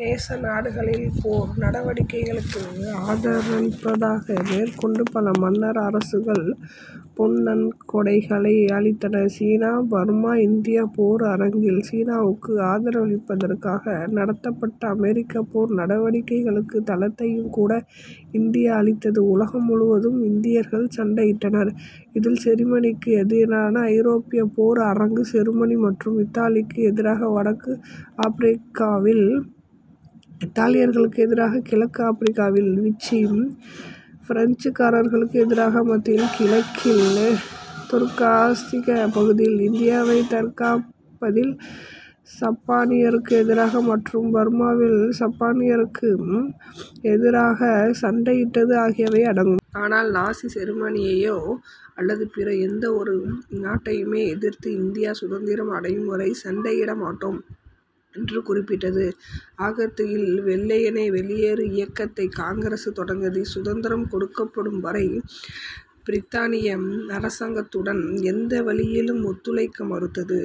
நேச நாடுகளின் போர் நடவடிக்கைகளுக்கு ஆதரவளிப்பதாக மேற்கொண்டு பல மன்னர் அரசுகள் பெரும் நன்கொடைகளை அளித்தன. சீனா, பர்மா, இந்தியா போர் அரங்கில் சீனாவுக்கு ஆதரவளிப்பதற்காக நடத்தப்பட்ட அமெரிக்கப் போர் நடவடிக்கைகளுக்கு தளத்தையும் கூட இந்தியா அளித்தது. உலகம் முழுவதும் இந்தியர்கள் சண்டையிட்டனர். இதில் செருமனிக்கு எதிரான ஐரோப்பியப் போர் அரங்கு, செருமனி மற்றும் இத்தாலிக்கு எதிராக வடக்கு ஆப்பிரிக்காவில், இத்தாலியர்களுக்கு எதிராக கிழக்கு ஆப்பிரிக்காவில், விச்சி பிரெஞ்சுக்காரர்களுக்கு எதிராக மத்திய கிழக்கில், தெற்காசியப் பகுதியில் இந்தியாவைத் தற்காப்பதில் சப்பானியருக்கு எதிராக மற்றும் பர்மாவில் சப்பானியருக்கு எதிராகச் சண்டையிட்டது ஆகியவை அடங்கும். ஆனால், நாசி செருமனியையோ அல்லது பிற எந்தவொரு நாட்டையுமோ எதிர்த்து இந்தியா சுதந்திரம் அடையும் வரை சண்டையிட மாட்டோம் என்று குறிப்பிட்டது. ஆகத்து இல் வெள்ளையனே வெளியேறு இயக்கத்தை காங்கிரசு தொடங்கியது. சுதந்திரம் கொடுக்கப்படும் வரை பிரித்தானிய அரசாங்கத்துடன் எந்த வழியிலும் ஒத்துழைக்க மறுத்தது.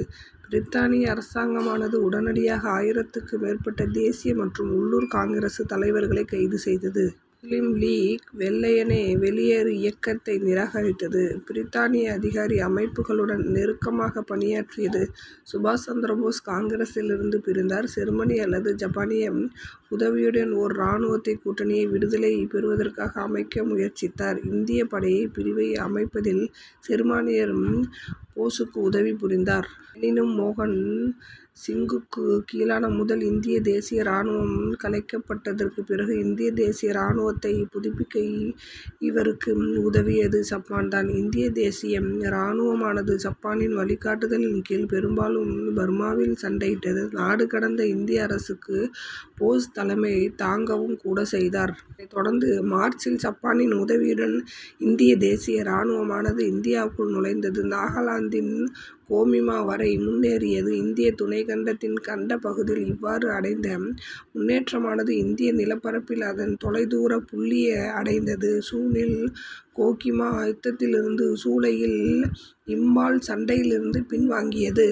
பிரித்தானிய அரசாங்கமானது உடனடியாக ஆயிரத்துக்கும் மேற்பட்ட தேசிய மற்றும் உள்ளூர் காங்கிரசு தலைவர்களைக் கைது செய்தது. முசுலிம் லீக் வெள்ளையனே வெளியேறு இயக்கத்தை நிராகரித்தது. பிரித்தானிய அதிகாரி அமைப்புகளுடன் நெருக்கமாகப் பணியாற்றியது. சுபாஷ் சந்திர போஸ் காங்கிரசிலிருந்து பிரிந்தார். செருமனி அல்லது சப்பானிய உதவியுடன் ஓர் இராணுவக் கூட்டணியை விடுதலை பெறுவதற்காக அமைக்க முயற்சித்தார். இந்தியப் படைப் பிரிவை அமைப்பதில் செருமானியர் போசுக்கு உதவி புரிந்தார். எனினும், மோகன் சிங்குக்குக் கீழான முதல் இந்தியத் தேசிய இராணுவம் கலைக்கப்பட்டதற்குப் பிறகு இந்திய தேசிய இராணுவத்தை புதுப்பிக்க இவருக்கு உதவியது சப்பான் தான். இந்திய தேசிய இராணுவமானது சப்பானின் வழிகாட்டுதலின் கீழ் பெரும்பாலும் பர்மாவில் சண்டையிட்டது. நாடு கடந்த இந்திய அரசுக்குப் போஸ் தலைமை தாங்கவும் கூட செய்தார். அதைத் தொடர்ந்து மார்ச்சில் சப்பானின் உதவியுடன் இந்திய தேசிய இராணுவமானது இந்தியாவுக்குள் நுழைந்தது. நாகலாந்தின் கோகிமா வரை முன்னேறியது. இந்திய துணைக்கண்டத்தின் கண்டப் பகுதியில் இவ்வாறு அடைந்த முன்னேற்றமானது இந்திய நிலப்பரப்பில் அதன் தொலைதூரப் புள்ளியை அடைந்தது. சூனில் கோகிமா யுத்தத்திலிருந்தும், சூலை இல் இம்பால் சண்டையிலிருந்தும் பின் வாங்கியது.